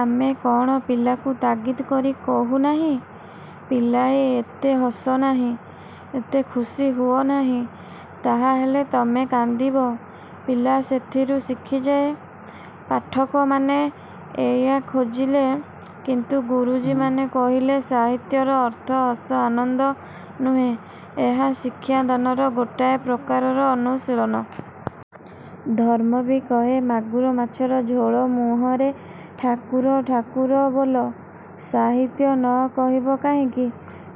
ଆମେ କ'ଣ ପିଲାଙ୍କୁ ତାଗିଦ୍ କରି କହୁ ନାହିଁ-ପିଲାଏ, ଏତେ ହସ ନାହିଁ। ଏତେ ଖୁସି ହୁଅ ନାହିଁ। ତାହାହେଲେ ତମେ କାନ୍ଦିବ। ପିଲା ସେଥିରୁ ଶିଖିଯାଏ। ପାଠକମାନେ ଏଇଆ ଖୋଜିଲେ। କିନ୍ତୁ ଗୁରୁଜୀମାନେ କହିଲେ ସାହିତ୍ୟର ଅର୍ଥ ହସ ଆନନ୍ଦ ନୁହେଁ। ଏହା ଶିକ୍ଷାଦାନର ଗୋଟାଏ ପ୍ରକାରର ଅନୁଶୀଳନ। ଧର୍ମ ବି କହେ- ମାଗୁର ମାଛର ଝୋଳ ମୁହଁରେ ଠାକୁର ଠାକୁର ବୋଲ। ସାହିତ୍ୟ ନ କହିବ କାହିଁକି?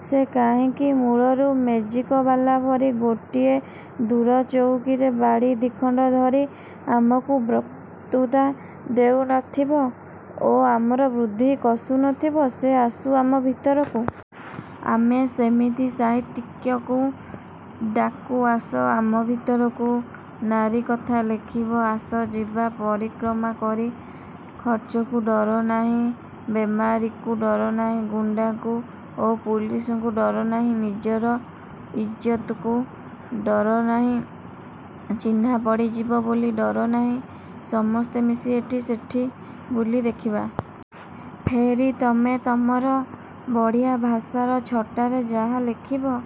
ସେ କାହିଁକି ମୂଳରୁ ମେଜିକବାଲା ପରି ଗୋଟିଏ ଦୂର ଚଉକିରେ ବାଡ଼ି ଦି'ଖଣ୍ତ ଧରି ଆମକୁ ବକ୍ତୃତା ଦେଉନଥିବ ଓ ଆମର ବୁଦ୍ଧି କଷୁନଥିବ? ସେ ଆସୁ ଆମ ଭିତରକୁ। ଆମେ ସେମିତି ସାହିତ୍ୟିକକୁ ଡାକୁ-ଆସ ଆମ ଭିତରକୁ। ନାରୀ କଥା ଲେଖିବ-ଆସ ଯିବା। ପରିକ୍ରମା କରି। ଖର୍ଚ୍ଚକୁ ଡର ନାହିଁ। ବେମାରିକୁ ଡର ନାହିଁ। ଗୁଣ୍ତାଙ୍କୁ ଓ ପୁଲିସଙ୍କୁ ଡର ନାହିଁ। ନିଜର ଇଜ୍ଜତକୁ ଡର ନାହିଁ। ଚିହ୍ନା ପଡ଼ିଯିବ ବୋଲି ଡର ନାହିଁ। ସମସ୍ତେ ମିଶି ଏଠି ସେଠି ବୁଲି ଦେଖିବା। ଫେରି ତମେ ତମର ବଢ଼ିଆ ଭାଷାର ଛଟାରେ ଯାହା ଲେଖିବ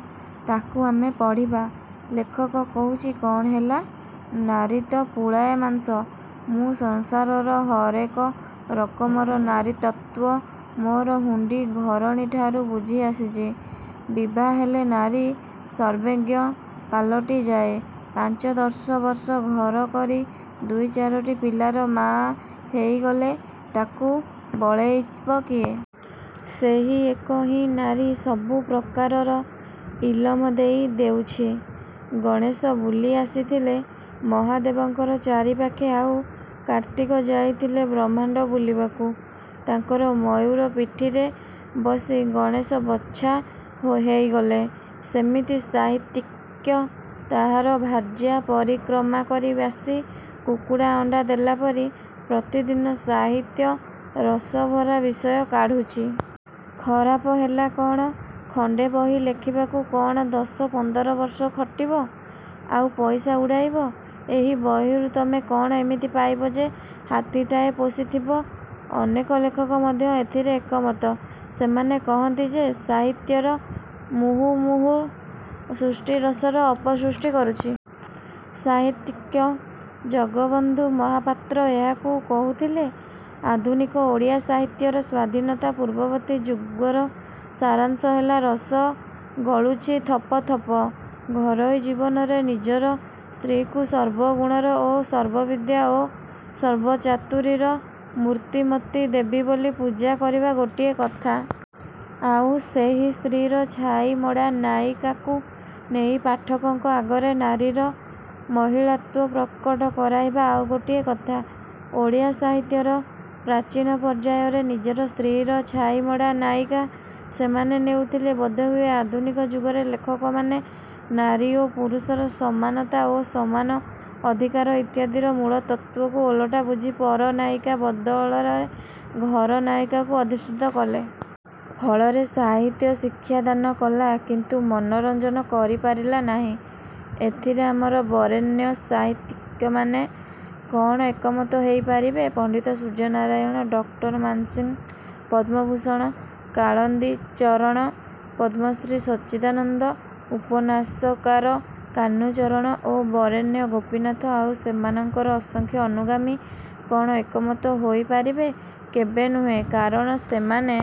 ତାକୁ ଆମେ ପଢ଼ିବା। ଲେଖକ କହୁଛି-କ'ଣ ହେଲା? ନାରୀ ତ ପୁଳାଏ ମାଂସ। ମୁଁ ସଂସାରର ହରେକ ରକମର ନାରୀତତ୍ତ୍ୱ ମୋର ହୁଣ୍ତୀ ଘରଣୀଠାରୁ ବୁଝି ଆସିଛି। ବିଭାହେଲେ ନାରୀ ସର୍ବେଜ୍ଞ ପାଲଟିଯାଏ। ପାଞ୍ଚ ଦଶବର୍ଷ ଘର କରି ଦୁଇ ଚାରୋଟି ପିଲାର ମା ହେଇଗଲେ ତାକୁ ବଳେଇବ କିଏ? ସେହି ଏକ ହିଁ ନାରୀ ସବୁ ପ୍ରକାରର ଇଲମ ଦେଇ ଦେଉଛି। ଗଣେଶ ବୁଲି ଆସିଥିଲେ ମହାଦେବଙ୍କର ଚାରିପାଖେ ଆଉ କାର୍ତ୍ତିକ ଯାଇଥିଲେ ବ୍ରହ୍ମାଣ୍ତ ବୁଲିବାକୁ ତାଙ୍କର ମୟୁର ପିଠିରେ ବସି। ଗଣେଶ ବଛା ହେଇଗଲେ। ସେମିତି ସାହିତ୍ୟିକ ତାହାର ଭାର୍ଯ୍ୟା-ପରିକ୍ରମା କରି ଆସି କୁକୁଡ଼ା ଅଣ୍ତା ଦେଲା ପରି ପ୍ରତିଦିନ ସାହିତ୍ୟ ରସଭରା ବିଷୟ କାଢ଼ୁଛି। ଖରାପ ହେଲା କ'ଣ? ଖଣ୍ତେ ବହି ଲେଖିବାକୁ କ'ଣ ଦଶ ପନ୍ଦରବର୍ଷ ଖଟିବ ଆଉ ପଇସା ଉଡ଼ାଇବ? ଏହି ବହିରୁ ତମେ କ'ଣ ଏମିତି ପାଇବ ଯେ ହାତୀଟାଏ ପୋଷିଥିବ? ଅନେକ ଲେଖକ ମଧ୍ୟ ଏଥିରେ ଏକମତ। ସେମାନେ କହନ୍ତି ଯେ ସାହିତ୍ୟର ମୂହୁର୍ମୁହୁ ସୃଷ୍ଟି ରସର ଅପସୃଷ୍ଟି କରୁଛି। ସାହିତ୍ୟିକ ଜଗତବନ୍ଧୁ ମହାପାତ୍ର ଏହାକୁ କହୁଥିଲେ ଆଧୁନିକ ଓଡ଼ିଆ ସାହିତ୍ୟର ସ୍ୱାଧୀନତା ପୂର୍ବବର୍ତ୍ତୀ ଯୁଗର ସାରାଂଶ ହେଲା-ରସ ଗଳୁଛି ଥପ ଥପ। ଘରୋଇ ଜୀବନରେ ନିଜର ସ୍ତ୍ରୀକୁ ସର୍ବଗୁଣର ଓ ସର୍ବବିଦ୍ୟା ଓ ସର୍ବ ଚାତୁରୀର ମୂର୍ତ୍ତିମତୀ ଦେବୀ ବୋଲି ପୂଜା କରିବା ଗୋଟିଏ କଥା। ଆଉ ସେହି ସ୍ତ୍ରୀର ଛାଇମଡ଼ା ନାୟିକାକୁ ନେଇ ପାଠକଙ୍କ ଆଗରେ ନାରୀର ମହିଳାତ୍ୱ ପ୍ରକଟ କରାଇବା ଆଉ ଗୋଟିଏ କଥା। ଓଡ଼ିଆ ସାହିତ୍ୟର ପ୍ରାଚୀନ ପର୍ଯ୍ୟାୟରେ ନିଜର ସ୍ତ୍ରୀର ଛାଇମଡ଼ା ନାୟିକା ସେମାନେ ନେଉଥିଲେ। ବୋଧହୁଏ ଆଧୁନିକ ଯୁଗରେ ଲେଖକମାନେ ନାରୀ ଓ ପୁରୁଷର ସମାନତା ଓ ସମାନ ଅଧିକାର ଇତ୍ୟାଦିର ମୂଳତତ୍ତ୍ୱକୁ ଓଲଟା ବୁଝି ପର-ନାୟିକା ବଦଳରେ ଘର ନାୟିକାକୁ ଅଧିଷ୍ଠିତ କଲେ। ଫଳରେ ସାହିତ୍ୟ ଶିକ୍ଷାଦାନ କଲା କିନ୍ତୁ ମନୋରଞ୍ଜନ କରିପାରିଲା ନାହିଁ। ଏଥିରେ ଆମର ବରେଣ୍ୟ ସାହିତ୍ୟିକମାନେ କ'ଣ ଏକମତ ହେଇ ପାରିବେ? ପଣ୍ତିତ ସୂର୍ଯ୍ୟନାରାୟଣ, ଡକ୍ଟର ମାନସିଂ, ପଦ୍ମଭୂଷଣ କାଳିନ୍ଦୀଚରଣ, ପଦ୍ମଶ୍ରୀ ସଚ୍ଚିଦାନନ୍ଦ, ଉପନ୍ୟାସକାର କାହ୍ନୁଚରଣ ଓ ବରେଣ୍ୟ ଗୋପୀନାଥ ଆଉ ସେମାନଙ୍କର ଅସଂଖ୍ୟ ଅନୁଗାମୀ କ'ଣ ଏକମତ ହୋଇପାରିବେ? କେବେ ନୁହେଁ। କାରଣ ସେମାନେ